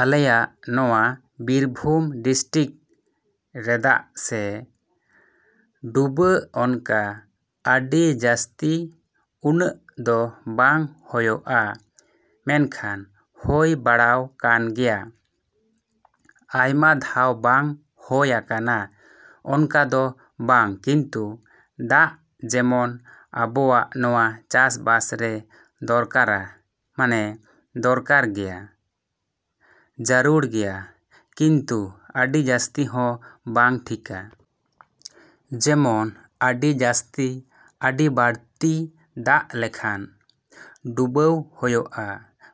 ᱟᱞᱮᱭᱟᱜ ᱱᱚᱶᱟ ᱵᱤᱨᱵᱷᱩᱢ ᱰᱤᱥᱴᱤᱠ ᱨᱮᱫᱟᱜ ᱥᱮ ᱰᱩᱵᱟᱹ ᱚᱱᱠᱟ ᱟᱰᱤ ᱡᱟᱥᱛᱤ ᱩᱱᱟᱹᱜ ᱫᱚ ᱵᱟᱝ ᱦᱳᱭᱳᱜᱼᱟ ᱢᱮᱱᱠᱷᱟᱱ ᱦᱳᱭ ᱵᱟᱲᱟᱣ ᱠᱟᱱ ᱜᱮᱭᱟ᱾ ᱟᱭᱢᱟ ᱫᱷᱟᱣ ᱵᱟᱝ ᱦᱳᱭ ᱟᱠᱟᱱᱟ ᱚᱱᱠᱟ ᱫᱚ ᱵᱟᱝ ᱠᱤᱱᱛᱩ ᱫᱟᱜ ᱡᱮᱢᱚᱱ ᱟᱵᱚᱣᱟᱜ ᱱᱚᱶᱟ ᱪᱟᱥ ᱵᱟᱥ ᱨᱮ ᱫᱚᱨᱠᱟᱨᱟ ᱢᱟᱱᱮ ᱫᱚᱨᱠᱟᱨ ᱜᱮᱭᱟ, ᱡᱟᱨᱩᱲ ᱜᱮᱭᱟ ᱠᱤᱱᱛᱩ ᱟᱰᱤ ᱡᱟᱥᱛᱤ ᱦᱚᱸ ᱵᱟᱝ ᱴᱷᱤᱠᱟ᱾ ᱡᱮᱢᱚᱱ ᱟᱰᱤ ᱡᱟᱥᱛᱤ ᱟᱰᱤ ᱵᱟᱲᱛᱤ ᱫᱟᱜ ᱞᱮᱠᱷᱟᱱ ᱰᱩᱵᱟᱹᱣ ᱦᱳᱭᱳᱜᱼᱟ,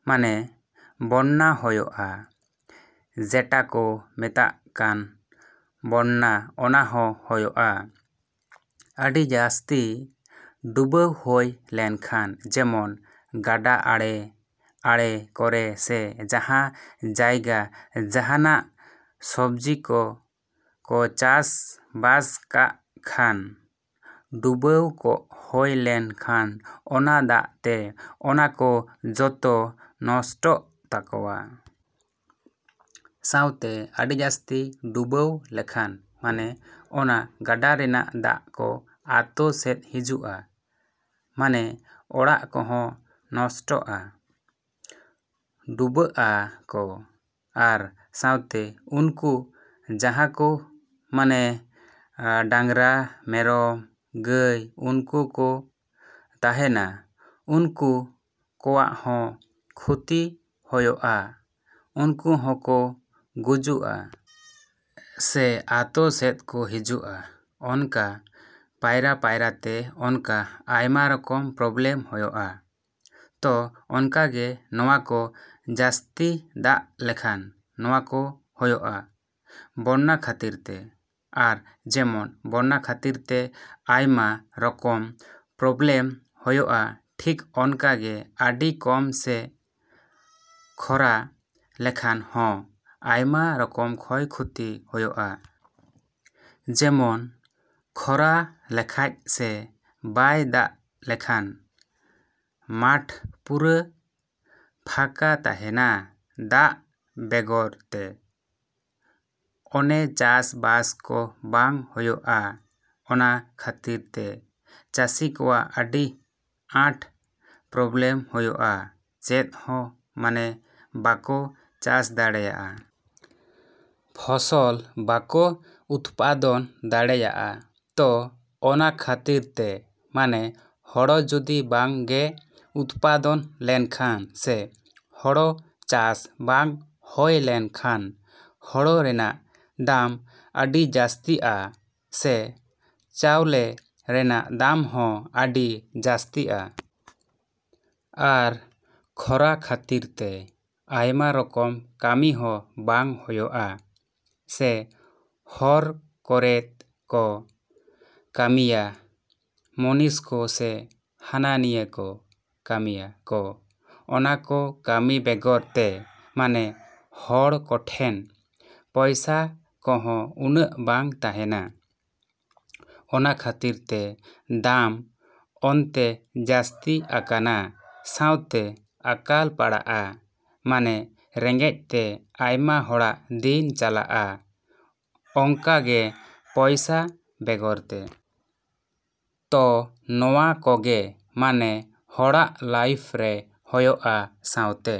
ᱢᱟᱱᱮ ᱵᱚᱱᱱᱟ ᱦᱳᱭᱳᱜᱼᱟ, ᱡᱮᱴᱟ ᱠᱚ ᱢᱮᱛᱟᱜ ᱠᱟᱱ ᱵᱚᱱᱱᱟ ᱚᱱᱟ ᱦᱚᱸ ᱦᱳᱭᱳᱜᱼᱟ᱾ ᱟᱰᱤ ᱡᱟᱥᱛᱤ ᱰᱩᱵᱟᱹᱣ ᱦᱳᱭ ᱞᱮᱱᱠᱷᱟᱱ ᱡᱮᱢᱚᱱ ᱜᱟᱰᱟ ᱟᱲᱮ ᱟᱲᱮ ᱠᱚᱨᱮ ᱥᱮ ᱡᱟᱦᱟᱸ ᱡᱟᱭᱜᱟ ᱡᱟᱦᱟᱱᱟᱜ ᱥᱚᱵᱽᱡᱤ ᱠᱚ ᱠᱚ ᱪᱟᱥ ᱵᱟᱥ ᱠᱟᱜ ᱠᱷᱟᱱ ᱰᱩᱵᱟᱹᱣ ᱠᱚ ᱦᱳᱭ ᱞᱮᱱ ᱠᱷᱟᱱ ᱚᱱᱟ ᱫᱟᱜ ᱛᱮ ᱚᱱᱟ ᱠᱚ ᱡᱚᱛᱚ ᱱᱚᱥᱴᱚᱜ ᱛᱟᱠᱚᱣᱟ᱾ ᱥᱟᱶᱛᱮ ᱟᱰᱤ ᱡᱟᱥᱛᱤ ᱰᱩᱵᱟᱹᱣ ᱞᱮᱠᱷᱟᱱ ᱢᱟᱱᱮ ᱚᱱᱟ ᱜᱟᱰᱟ ᱨᱮᱱᱟᱜ ᱫᱟᱜ ᱠᱚ ᱟᱛᱳ ᱥᱮᱫ ᱦᱤᱡᱩᱜᱼᱟ ᱢᱟᱱᱮ ᱚᱲᱟᱜ ᱠᱚᱦᱚᱸ ᱱᱚᱥᱴᱚᱜᱼᱟ, ᱰᱩᱵᱟᱹᱜᱼᱟ ᱠᱚ᱾ ᱟᱨ ᱥᱟᱶᱛᱮ ᱩᱱᱠᱩ ᱡᱟᱦᱟᱸ ᱠᱚ ᱢᱟᱱᱮ ᱰᱟᱝᱨᱟ ᱢᱮᱨᱚᱢ ᱜᱟᱹᱭ ᱩᱱᱠᱩ ᱠᱚ ᱛᱟᱦᱮᱱᱟ ᱩᱱᱠᱩ ᱠᱚᱣᱟᱜ ᱦᱚᱸ ᱠᱷᱚᱛᱤ ᱦᱳᱭᱳᱜᱼᱟ, ᱩᱱᱠᱩ ᱦᱚᱸ ᱠᱚ ᱜᱩᱡᱩᱜᱼᱟ᱾ ᱥᱮ ᱟᱛᱳ ᱥᱮᱫ ᱠᱚ ᱦᱤᱡᱩᱜᱼᱟ ᱚᱱᱠᱟ ᱯᱟᱭᱨᱟ ᱯᱟᱭᱨᱟ ᱛᱮ ᱚᱱᱠᱟ ᱟᱭᱢᱟ ᱨᱚᱠᱚᱢ ᱯᱨᱚᱵᱞᱮᱢ ᱦᱳᱭᱳᱜᱼᱟ᱾ ᱛᱚ ᱚᱱᱠᱟ ᱜᱮ ᱱᱚᱶᱟ ᱠᱚ ᱡᱟᱥᱛᱤ ᱫᱟᱜ ᱞᱮᱠᱷᱟᱱ ᱱᱚᱶᱟ ᱠᱚ ᱦᱳᱭᱳᱜᱼᱟ, ᱵᱚᱱᱱᱟ ᱠᱷᱟᱛᱤᱨ ᱛᱮ᱾ ᱟᱨ ᱡᱮᱢᱚᱱ ᱵᱚᱱᱱᱟ ᱠᱷᱟᱛᱤᱨ ᱛᱮ ᱟᱭᱢᱟ ᱨᱚᱠᱚᱢ ᱯᱨᱚᱵᱞᱮᱢ ᱦᱳᱭᱳᱜᱼᱟ ᱴᱷᱤᱠ ᱚᱱᱠᱟ ᱜᱮ ᱟᱰᱤ ᱠᱚᱢ ᱥᱮ ᱠᱷᱚᱨᱟ ᱞᱮᱠᱷᱟᱱ ᱦᱚᱸ ᱟᱭᱢᱟ ᱨᱚᱠᱚᱢ ᱠᱷᱚᱭ ᱠᱷᱚᱛᱤ ᱦᱳᱭᱳᱜᱼᱟ᱾ ᱡᱮᱢᱚᱱ ᱠᱷᱚᱨᱟ ᱞᱮᱠᱷᱟᱡ ᱥᱮ ᱵᱟᱭ ᱫᱟᱜ ᱞᱮᱠᱷᱟᱱ ᱢᱟᱴᱷ ᱯᱩᱨᱟᱹ ᱯᱷᱟᱸᱠᱟ ᱛᱟᱦᱮᱱᱟ ᱫᱟᱜ ᱵᱮᱜᱚᱨ ᱛᱮ᱾ ᱚᱱᱮ ᱪᱟᱥ ᱵᱟᱥ ᱠᱚ ᱵᱟᱝ ᱦᱳᱭᱩᱳᱜᱼᱟ, ᱚᱱᱟ ᱠᱷᱟᱛᱤᱨ ᱛᱮ ᱪᱟᱥᱤ ᱠᱚᱣᱟᱜ ᱟᱰᱤ ᱟᱸᱴ ᱯᱨᱚᱵᱞᱮᱢ ᱦᱳᱭᱳᱜᱼᱟ, ᱪᱮᱫ ᱦᱚᱸ ᱢᱟᱱᱮ ᱵᱟᱠᱚ ᱪᱟᱥ ᱫᱟᱲᱮᱭᱟᱜᱼᱟ᱾ ᱯᱷᱚᱥᱚᱞ ᱵᱟᱠᱚ ᱩᱛᱯᱟᱫᱚᱱ ᱫᱟᱲᱮᱭᱟᱜᱼᱟ, ᱛᱚ ᱚᱱᱟ ᱠᱷᱟᱛᱤᱨ ᱛᱮ ᱢᱟᱱᱮ ᱦᱳᱲᱳ ᱡᱩᱫᱤ ᱵᱟᱝ ᱜᱮ ᱩᱛᱯᱟᱫᱚᱱ ᱞᱮᱱᱠᱷᱟᱱ ᱥᱮ ᱦᱳᱲᱳ ᱪᱟᱥ ᱵᱟᱝ ᱦᱳᱭ ᱞᱮᱱ ᱠᱷᱟᱱ ᱦᱳᱲᱳ ᱨᱮᱱᱟᱜ ᱫᱟᱢ ᱟᱰᱤ ᱡᱟᱥᱛᱤᱜᱼᱟ ᱥᱮ ᱪᱟᱣᱞᱮ ᱨᱮᱱᱟᱜ ᱫᱟᱢ ᱦᱚᱸ ᱟᱰᱤ ᱡᱟᱥᱛᱤᱜᱼᱟ᱾ ᱟᱨ ᱠᱷᱚᱨᱟ ᱠᱷᱟᱛᱤᱨ ᱛᱮ ᱟᱭᱢᱟ ᱨᱚᱠᱚᱢ ᱠᱟᱢᱤ ᱦᱚᱸ ᱵᱟᱝ ᱦᱳᱭᱳᱜᱼᱟ᱾ ᱥᱮ ᱦᱚᱨ ᱠᱚᱨᱮᱫ ᱠᱚ ᱠᱟᱢᱤᱭᱟ ᱢᱩᱱᱤᱥ ᱠᱚ ᱥᱮ ᱦᱟᱱᱟ ᱱᱤᱭᱟᱹ ᱠᱚ ᱠᱟᱢᱤᱭᱟ ᱠᱚ ᱚᱱᱟ ᱠᱚ ᱠᱟᱢᱤ ᱵᱮᱜᱚᱨ ᱛᱮ ᱢᱟᱱᱮ ᱦᱚᱲ ᱠᱚᱴᱷᱮᱱ ᱯᱚᱭᱥᱟ ᱠᱚᱦᱚᱸ ᱩᱱᱟᱹᱜ ᱵᱟᱝ ᱛᱟᱦᱮᱱᱟ, ᱚᱱᱟ ᱠᱷᱟᱛᱤᱨ ᱛᱮ ᱫᱟᱢ ᱚᱱᱛᱮ ᱡᱟᱥᱛᱤ ᱟᱠᱟᱱᱟ ᱥᱟᱶᱛᱮ ᱟᱠᱟᱞ ᱯᱟᱲᱟᱜᱼᱟ ᱢᱟᱱᱮ ᱨᱮᱸᱜᱮᱡ ᱛᱮ ᱟᱭᱢᱟ ᱦᱚᱲᱟᱜ ᱫᱤᱱ ᱪᱟᱞᱟᱜᱼᱟ ᱚᱝᱠᱟ ᱜᱮ ᱯᱚᱭᱥᱟ ᱵᱮᱜᱚᱨ ᱛᱮ᱾ ᱛᱚ ᱱᱚᱶᱟ ᱠᱚ ᱜᱮ ᱢᱟᱱᱮ ᱦᱚᱲᱟᱜ ᱞᱟᱭᱤᱯᱷ ᱨᱮ ᱦᱳᱭᱳᱜᱼᱟ ᱥᱟᱶᱛᱮᱼᱼ